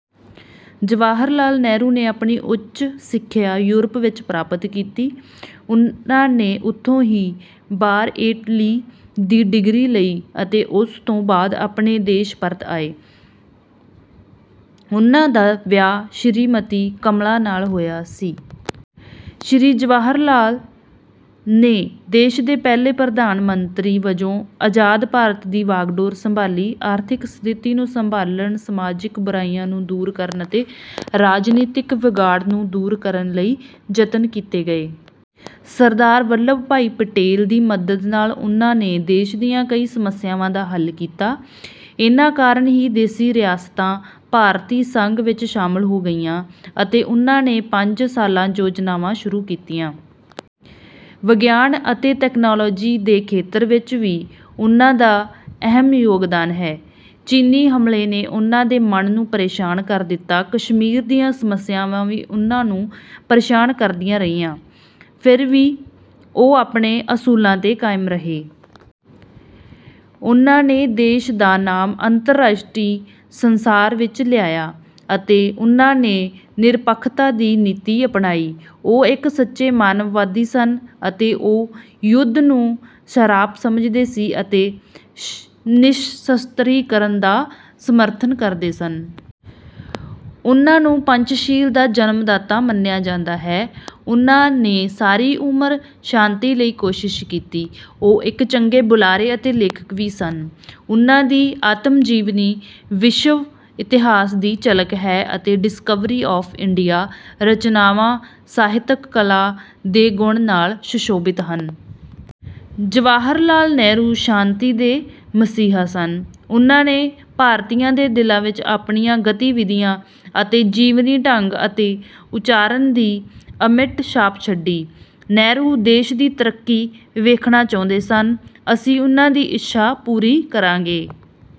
ਜਵਾਹਰ ਲਾਲ ਨਹਿਰੂ ਨੇ ਆਪਣੀ ਉੱਚ ਸਿੱਖਿਆ ਯੂਰਪ ਵਿੱਚ ਪ੍ਰਾਪਤ ਕੀਤੀ। ਉਹਨਾਂ ਨੇ ਉਥੋਂ ਹੀ ਬਾਰ. ਏਟ. ਲੀ ਦੀ ਡਿਗਰੀ ਲਈ ਅਤੇ ਉਸ ਤੋਂ ਬਾਅਦ ਆਪਣੇ ਦੇਸ਼ ਪਰਤ ਆਏ। ਉਹਨਾਂ ਦਾ ਵਿਆਹ ਸ਼੍ਰੀਮਤੀ ਕਮਲਾ ਨਾਲ ਹੋਇਆ ਸੀ। ਸ਼੍ਰੀ ਜਵਾਹਰ ਲਾਲ ਨੇ ਦੇਸ਼ ਦੇ ਪਹਿਲੇ ਪ੍ਰਧਾਨ ਮੰਤਰੀ ਵਜੋਂ ਆਜ਼ਾਦ ਭਾਰਤ ਦੀ ਵਾਗਡੋਰ ਸੰਭਾਲੀ। ਆਰਥਿਕ ਸਥਿਤੀ ਨੂੰ ਸੰਭਾਲਣ, ਸਮਾਜਿਕ ਬੁਰਾਈਆਂ ਨੂੰ ਦੂਰ ਕਰਨ ਅਤੇ ਰਾਜਨੀਤਿਕ ਵਿਗਾੜ ਨੂੰ ਦੂਰ ਕਰਨ ਲਈ ਯਤਨ ਕੀਤੇ ਗਏ। ਸਰਦਾਰ ਵੱਲਭ ਭਾਈ ਪਟੇਲ ਦੀ ਮਦਦ ਨਾਲ ਉਨ੍ਹਾਂ ਨੇ ਦੇਸ਼ ਦੀਆਂ ਕਈ ਸਮੱਸਿਆਵਾਂ ਦਾ ਹੱਲ ਕੀਤਾ। ਇਨ੍ਹਾਂ ਕਾਰਨ ਹੀ ਦੇਸੀ ਰਿਆਸਤਾਂ ਭਾਰਤੀ ਸੰਘ ਵਿੱਚ ਸ਼ਾਮਲ ਹੋ ਗਈਆਂ। ਅਤੇ ਉਹਨਾਂ ਨੇ ਪੰਜ ਸਾਲਾ ਯੋਜਨਾਵਾਂ ਸ਼ੁਰੂ ਕੀਤੀਆਂ। ਵਿਗਿਆਨ ਅਤੇ ਤਕਨਾਲੋਜੀ ਦੇ ਖੇਤਰ ਵਿੱਚ ਵੀ ਉਨ੍ਹਾਂ ਦਾ ਅਹਿਮ ਯੋਗਦਾਨ ਹੈ। ਚੀਨੀ ਹਮਲੇ ਨੇ ਉਨ੍ਹਾਂ ਦੇ ਮਨਾਂ ਨੂੰ ਪਰੇਸ਼ਾਨ ਕਰ ਦਿੱਤਾ। ਕਸ਼ਮੀਰ ਦੀਆਂ ਸਮੱਸਿਆਵਾਂ ਵੀ ਉਹਨਾਂ ਨੂੰ ਪ੍ਰੇਸ਼ਾਨ ਕਰਦੀਆਂ ਰਹੀਆਂ। ਫਿਰ ਵੀ ਉਹ ਆਪਣੇ ਅਸੂਲਾਂ 'ਤੇ ਕਾਇਮ ਰਹੇ। ਉਹਨਾਂ ਨੇ ਦੇਸ਼ ਦਾ ਨਾਮ ਅੰਤਰਰਾਸ਼ਟਰੀ ਸੰਸਾਰ ਵਿੱਚ ਲਿਆਇਆ। ਅਤੇ ਉਹਨਾਂ ਨੇ ਨਿਰਪੱਖਤਾ ਦੀ ਨੀਤੀ ਅਪਣਾਈ। ਉਹ ਇੱਕ ਸੱਚੇ ਮਾਨਵਵਾਦੀ ਸਨ ਅਤੇ ਉਹ ਯੁੱਧ ਨੂੰ ਸਰਾਪ ਸਮਝਦੇ ਸੀ ਅਤੇ ਨਿਸ਼ਸਤਰੀਕਰਨ ਦਾ ਸਮਰਥਨ ਕਰਦੇ ਸਨ। ਉਹਨਾਂ ਨੂੰ ਪੰਚਸ਼ੀਲ ਦਾ ਜਨਮਦਾਤਾ ਮੰਨਿਆ ਜਾਂਦਾ ਹੈ। ਉਹਨਾਂ ਨੇ ਸਾਰੀ ਉਮਰ ਸ਼ਾਂਤੀ ਲਈ ਕੋਸ਼ਿਸ਼ ਕੀਤੀ। ਉਹ ਇੱਕ ਚੰਗੇ ਬੁਲਾਰੇ ਅਤੇ ਲੇਖਕ ਵੀ ਸਨ। ਉਹਨਾਂ ਦੀ 'ਆਤਮਜੀਵਨੀ' ਵਿਸ਼ਵ ਇਤਿਹਾਸ ਦੀ ਝਲਕ ਹੈ ਅਤੇ 'ਡਿਸਕਵਰੀ ਆਫ਼ ਇੰਡੀਆ' ਰਚਨਾਵਾਂ ਸਾਹਿਤਕ ਕਲਾ ਦੇ ਗੁਣਾਂ ਨਾਲ ਸੁਸ਼ੋਭਿਤ ਹਨ। ਜਵਾਹਰ ਲਾਲ ਨਹਿਰੂ ਸ਼ਾਂਤੀ ਦੇ ਮਸੀਹਾ ਸਨ। ਉਹਨਾਂ ਨੇ ਭਾਰਤੀਆਂ ਦੇ ਦਿਲਾਂ ਵਿੱਚ ਆਪਣੀਆਂ ਗਤੀਵਿਧੀਆਂ ਅਤੇ ਜੀਵਨ ਢੰਗ ਅਤੇ ਆਚਰਣ ਦੀ ਅਮਿੱਟ ਛਾਪ ਛੱਡੀ। ਨਹਿਰੂ ਦੇਸ਼ ਦੀ ਤਰੱਕੀ ਦੇਖਣਾ ਚਾਹੁੰਦੇ ਸਨ। ਅਸੀਂ ਉਨ੍ਹਾਂ ਦੀ ਇੱਛਾ ਜ਼ਰੂਰ ਪੂਰੀ ਕਰਾਂਗੇ।